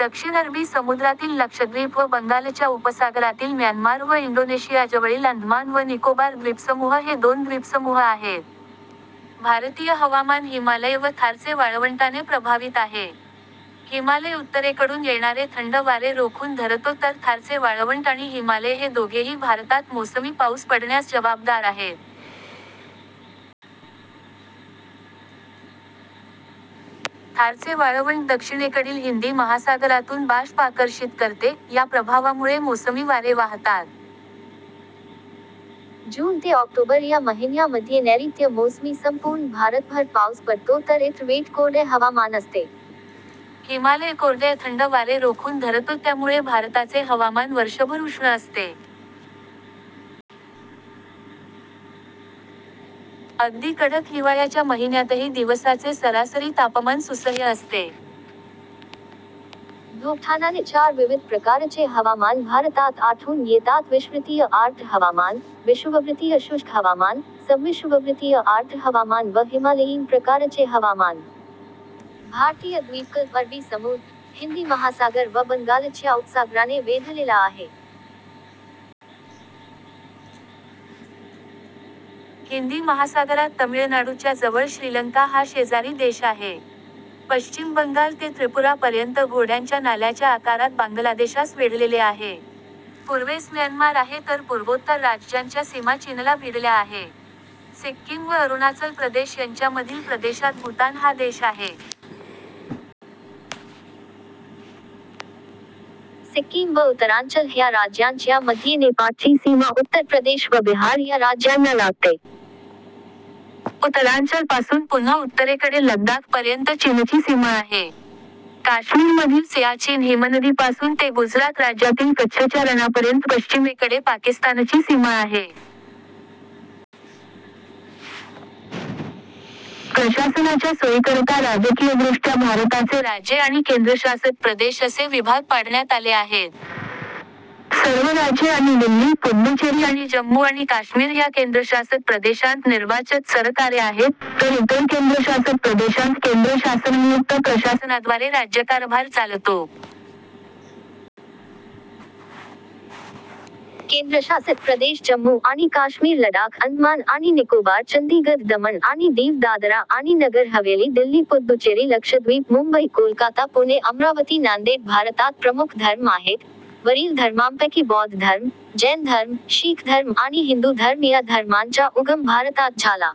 दक्षिण अरबी समुद्रातील लक्षद्वीप व बंगालच्या उपसागरातील म्यानमार व इंडोनेशियाजवळील अंदमान व निकोबार द्वीपसमूह हे दोन द्वीपसमूह आहेत. भारतीय हवामान हिमालय व थारचे वाळवंटाने प्रभावित आहे. हिमालय उत्तरेकडून येणारे थंड वारे रोखून धरतो तर थारचे वाळवंट आणि हिमालय हे दोघेही भारतात मोसमी पाऊस पडण्यास जवाबदार आहेत. थारचे वाळवंट दक्षिणेकडील हिंदी महासागरातून बाष्प आकर्षित करते, या प्रभावामुळे मोसमी वारे वाहतात. जून ते ऑक्टोबर या महिन्यांमध्ये नैऋत्य मोसमी वाऱ्यांमुळे संपूर्ण भारतभर पाउस पडतो तर इतर वेळ कोरडे हवामान असते. हिमालय कोरडे थंड वारे रोखून धरतो त्यामुळे भारताचे हवामान वर्षभर उष्ण असते. अगदी कडक हिवाळ्याच्या महिन्यातही दिवसाचे सरासरी तापमान सुसह्य असते. ढोबळमानाने चार विविध प्रकारचे हवामान भारतात आढळून येतात विषवृतीय आर्द्र हवामान, विषुववृत्तीय शुष्क हवामान, समविषुववृतीय आर्द्र हवामान व हिमालयीन प्रकारचे हवामान. भारतीय द्वीपकल्प अरबी समुद्र, हिंदी महासागर व बंगालच्या उपसागराने वेढलेला आहे. हिंदी महासागरात तमिळनाडूच्या जवळ श्रीलंका हा शेजारी देश आहे. पश्चिम बंगाल ते त्रिपुरा पर्यंत घोड्यांच्या नाल्याच्या आकारात बांगलादेशास वेढलेले आहे. पूर्वेस म्यानमार आहे तर पूर्वोत्तर राज्यांच्या सीमा चीनला भीडल्या आहे. सिक्कीम व अरुणाचल प्रदेश यंच्यामधील प्रदेशात भूतान हा देश आहे. सिक्कीम व उत्तरांचल ह्या राज्यांच्या मध्ये नेपाळची सीमा उत्तर प्रदेश व बिहार या राज्यांना लागते. उत्तरांचल पासून पुन्हा उत्तरेकडे लद्दाख पर्यंत चीनची सीमा आहे. काश्मीर मधील सियाचीन हिमनदीपासून ते गुजरात राज्यातील कच्छच्या रणापर्यंत पश्चिमेकडे पाकिस्तानची सीमा आहे. प्रशासनाच्या सोयीकरता राजकीयदृष्ट्या भारताचे राज्ये आणि केंद्रशासित प्रदेश असे विभाग पाडण्यात आले आहेत. सर्व राज्ये आणि दिल्ली, पुद्दुचेरी आणि जम्मू आणि काश्मीर ह्या केंद्रशासित प्रदेशांत निर्वाचित सरकारे आहेत; तर इतर केंद्रशासित प्रदेशांत केंद्र शासननियुक्त प्रशासनाद्वारे राज्यकारभार चालतो. केंद्रशासित प्रदेश जम्मू आणि काश्मीर लडाख अंदमान आणि निकोबार चंदीगढ दमण आणि दीव दादरा आणि नगर हवेली दिल्ली पुद्दुचेरी लक्षद्वीप मुंबई कोलकाता पुणे अमरावती नांदेड भारतात प्रमुख धर्म आहेत: वरील धर्मांपैकी बौद्ध धर्म, जैन धर्म, शीख धर्म आणि हिंदू धर्म या धर्मांचा उगम भारतात झाला.